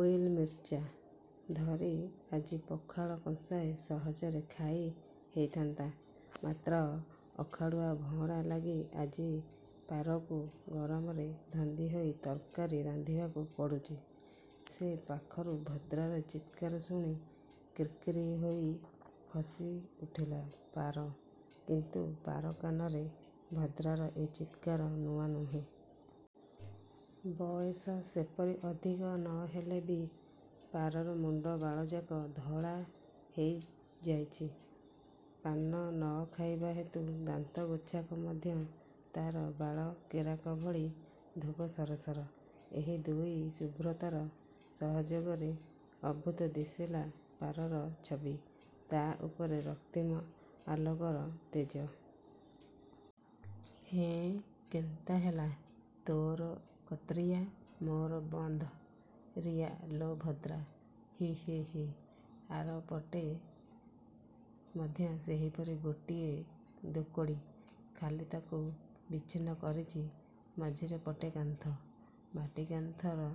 ଉଇଲ୍ ମିର୍ଚା ଧରି ଆଜି ପଖାଳ କଂସାଏ ସହଜରେ ଖାଇ ହେଇଥାନ୍ତା, ମାତ୍ର ଅଖାଡ଼ୁଆ ଭଁଅରା ଲାଗି ଆଜି ପାରକୁ ଗରମରେ ଧନ୍ଦି ହେଇ ତର୍କାରି ରାନ୍ଧିବାକୁ ପଡ଼ୁଚି। ସେ ପାଖରୁ ଭଦ୍ରାର ଚିତ୍କାର ଶୁଣି କିର୍କିର୍ ହେଇ ହସିଉଠିଲା ପାର। କିନ୍ତୁ ପାର କାନରେ ଭଦ୍ରାର ଏ ଚିତ୍କାର ନୂଆ ନୁହେଁ। ବୟସ ସେପରି ଅଧିକ ନ ହେଲେ ବି ପାରର ମୁଣ୍ଡ ବାଳଯାକ ଧଳା ହେଇଯାଇଚି। ପାନ ନ ଖାଇବାହେତୁ ଦାନ୍ତଗୋଛାକ ମଧ୍ୟ ତାର ବାଳ କେରାକ ଭଳି ଧୋବ ସରସର। ଏହି ଦୁଇ ଶୁଭ୍ରତାର ସହଯୋଗରେ ଅଦ୍ଭୁତ ଦିଶିଲା ପାରର ଛବି–ତା ଉପରେ ରକ୍ତିମ ଆଲୋକର ତେଜ। ହେଁ କେନ୍ତା ହେଲା... ତୋର କତ୍ରିଆ, ମୋର ବନ୍ଧ୍ ରିଆ ଲୋ ଭଦ୍ରା... ହି ହି ହି... ଆରପଟେ ମଧ୍ୟ ସେହିପରି ଗୋଟିଏ ଦୋକଡ଼ି, ଖାଲି ତାକୁ ବିଚ୍ଛିନ୍ନ କରିଚି ମଝିରେ ପଟେ କାନ୍ଥ। ମାଟି କାନ୍ଥର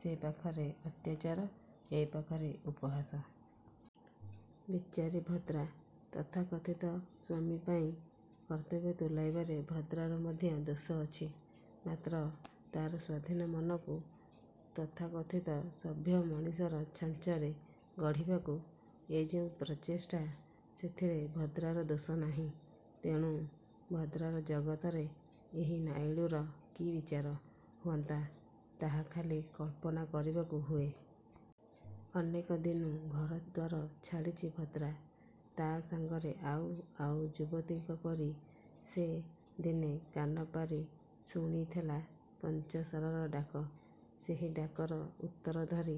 ସେ ପାଖରେ ଅତ୍ୟାଚାର, ଏ ପାଖରେ ଉପହାସ। ବିଚାରୀ ଭଦ୍ରା! ତଥାକଥିତ ସ୍ଵାମୀ ପାଇଁ କର୍ତ୍ତବ୍ୟ ତୁଲେଇବାରେ ଭଦ୍ରାର ମଧ୍ୟ ଦୋଷ ଅଛି। ମାତ୍ର ତାର ସ୍ଵାଧୀନ ମନକୁ ତଥାକଥିତ ସଭ୍ୟମଣିଷର ଛାଞ୍ଚରେ ଗଢ଼ିବାକୁ ଏ ଯେଉଁ ପ୍ରଚେଷ୍ଟା, ସେଥିରେ ଭଦ୍ରାର ଦୋଷ ନାହିଁ। ତେଣୁ ଭଦ୍ରାର ଜଗତରେ ଏହି ନାଇଡ଼ୁର କି ବିଚାର ହୁଅନ୍ତା, ତାହା ଖାଲି କଳ୍ପନା କରିବାକୁ ହୁଏ। ଅନେକ ଦିନୁ ଘରଦ୍ଵାର ଛାଡ଼ିଚି ଭଦ୍ରା। ତା ସାଙ୍ଗରେ ଆଉ ଆଉ ଯୁବତୀଙ୍କ ପରି ସେ ଦିନେ କାନପାରି ଶୁଣିଥିଲା ପଞ୍ଚଶରର ଡାକ। ସେହି ଡାକର ଉତ୍ତର ଧରି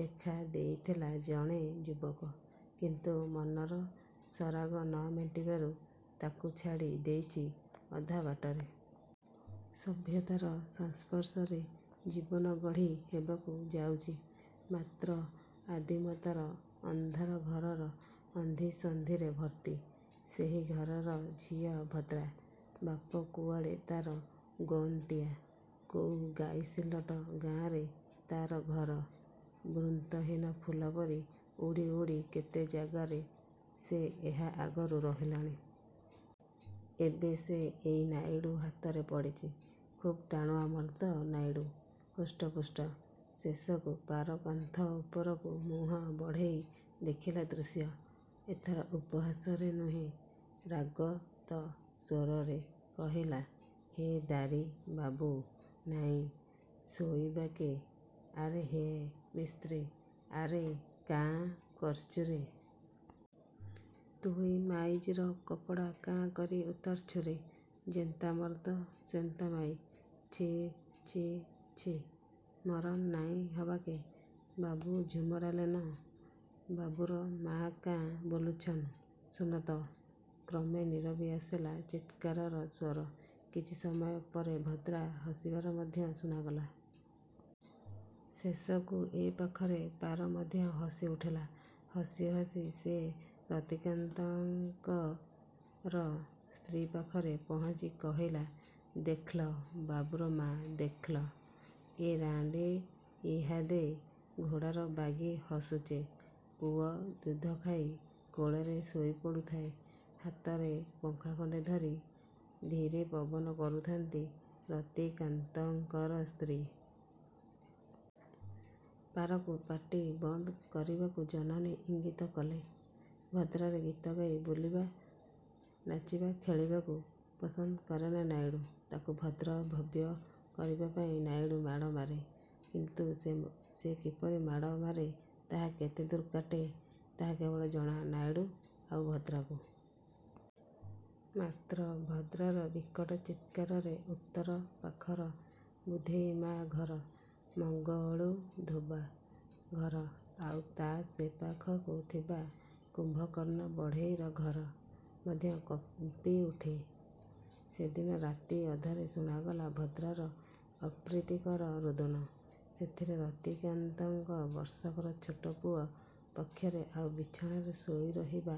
ଦେଖାଦେଇଥିଲା ଜଣେ ଯୁବକ। କିନ୍ତୁ ମନର ସରାଗ ନ ମେଣ୍ଟିବାରୁ ତାକୁ ଛାଡ଼ି ଦେଇଚି ଅଧବାଟରେ। ସଭ୍ୟତାର ସଂସ୍ପର୍ଶରେ ଜୀବନ ଗଢ଼ି ହେବାକୁ ଯାଉଚି, ମାତ୍ର ଆଦିମତାର ଅନ୍ଧାର ଘରର ଅନ୍ଧିସନ୍ଧିରେ ଭର୍ତ୍ତି–ସେହି ଘରର ଝିଅ ଭଦ୍ରା। ବାପ କୁଆଡ଼େ ତାର ଗୌନ୍ତିଆ, କୋଉ ଗାଇସିଲେଟ ଗାଁରେ ତାର ଘର-। ବୃନ୍ତହୀନ ଫୁଲ ପରି ଉଡ଼ି ଉଡ଼ି କେତେ ଜାଗାରେ ସେ ଏହା ଆଗରୁ ରହିଲାଣି। ଏବେ ସେ ଏଇ ନାଇଡ଼ୁ ହାତରେ ପଡ଼ିଚି। ଖୁବ ଟାଣୁଆ ମର୍ଦ୍ଦ ନାଇଡ଼ୁ। ହୃଷ୍ଟପୁଷ୍ଟ। ଶେଷକୁ ପାର କାନ୍ଥ ଉପରକୁ ମୁଁହ ବଢ଼େଇ ଦେଖିଲା ଦୃଶ୍ୟ। ଏଥର ଉପହାସରେ ନୁହେଁ, ରାଗତ ସ୍ଵରରେ କହିଲା... "ହେ ଦାରୀ' ବାବୁ ନାଇଁ ଶୋଇବା କେ... ଆରେ ହେ ମିସ୍ତ୍ରୀ, ଆରେ କାଁ କର୍ଚୁରେ... ତୁଇ ମାଇଜିର କପଡ଼ା କାଁ କରି ଉତାର୍ଛୁରେ। ଯେନ୍ତା ମରଦ, ସେନ୍ତା ମାଇ। ଛି... ଛି... ଛି ମରନ୍ ନାଇଁ ହବାକେ। ବାବୁ ଝୁମରାଲେନ... ବାବୁର ମା କାଁ ବୋଲୁଛନ୍ ଶୁନତ... " କ୍ରମେ ନୀରବି ଆସିଲା ଚିତ୍କାରର ସ୍ୱର। କିଛି ସମୟ ପରେ ଭଦ୍ରା ହସିବାର ମଧ୍ୟ ଶୁଣାଗଲା। ଶେଷକୁ ଏ ପାଖରେ ପାର ମଧ୍ୟ ହସିଉଠିଲା। ହସି ହସି ସେ ରତିକାନ୍ତଙ୍କର ସ୍ତ୍ରୀ ପାଖରେ ପହଞ୍ଚି କହିଲା, "ଦେଖ୍ଲ, ବାବୁର ମା, ଦେଖ୍ଲ, ଏ ରାଁଡ଼ି ଇହାଦେ ଘୋଡ଼ାର ବାଗି ହସୁଚେ। " ପୁଅ ଦୁଧଖାଇ କୋଳରେ ଶୋଇପଡ଼ୁ ଥାଏ–ହାତରେ ପଙ୍ଖା ଖଣ୍ଡେ ଧରି ଧୀରେ ପବନ କରୁଥାନ୍ତି ରତିକାନ୍ତଙ୍କର ସ୍ତ୍ରୀ। ପାରକୁ ପାଟି ବନ୍ଦ କରିବାକୁ ଜନନୀ ଇଙ୍ଗିତ କଲେ। ଭଦ୍ରାର ଗୀତଗାଇ ବୁଲିବା, ନାଚିବା, ଖେଳିବାକୁ ପସନ୍ଦ କରେନା ନାଇଡ଼ୁ। ତାକୁ ଭଦ୍ର, ଭବ୍ୟ କରିବା ପାଇଁ ନାଇଡ଼ୁ ମାଡ଼ ମାରେ। କିନ୍ତୁ ସେ କିପରି ମାଡ଼ ମାରେ, ତାହା କେତେ ଦୂର କାଟେ, ତାହା କେବଳ ଜଣା ନାଇଡ଼ୁ, ଆଉ ଭଦ୍ରାକୁ। ମାତ୍ର ଭଦ୍ରାର ବିକଟ ଚିତ୍କାରରେ ଉତ୍ତର ପାଖର ବୁଧେଇ ମା ଘର, ମଙ୍ଗଳୁ ଧୋବା ଘର, ଆଉ ତା' ସେ ପାଖକୁ ଥିବା କୁମ୍ଭକର୍ଣ୍ଣ ବଢ଼େଇର ଘର ମଧ୍ୟ କମ୍ପିଉଠେ। ସେଦିନ ରାତି ଅଧରେ ଶୁଣାଗଲା ଭଦ୍ରାର ଅପ୍ରୀତିକର ରୋଦନ। ସେଥିରେ ରତିକାନ୍ତଙ୍କ ବର୍ଷକର ଛୋଟ ପୁଅ ପକ୍ଷରେ ଆଉ ବିଛଣାରେ ଶୋଇରହିବା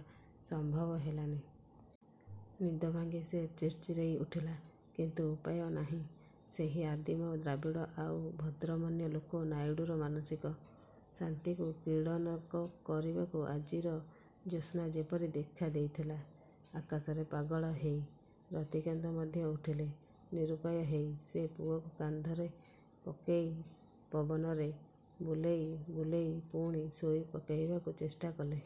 ସମ୍ଭବ ହେଲାନି। ନିଦଭାଙ୍ଗି ସେ ଚିର୍ଚିରେଇ ଉଠିଲା। କିନ୍ତୁ ଉପାୟ ନାହିଁ। ସେହି ଆଦିମ ଦ୍ରାବିଡ଼ ଆଉ ଭଦ୍ରମନ୍ୟ ଲୋକ ନାଇଡ଼ୁର ମାନସିକ ଶାନ୍ତିକୁ କ୍ରୀଡ଼ନକ କରିବାକୁ ଆଜିର ଜ୍ୟୋତ୍ସ୍ନା ଯେପରି ଦେଖାଦେଇଥିଲା ଆକାଶରେ ପାଗଳ ହେଇ। ରତିକାନ୍ତ ମଧ୍ୟ ଉଠିଲେ। ନିରୁପାୟ ହେଇ ସେ ପୁଅକୁ କାନ୍ଧରେ ପକେଇ ପବନରେ ବୁଲେଇ ବୁଲେଇ ପୁଣି ଶୋଇପକେଇବାକୁ ଚେଷ୍ଟାକଲେ।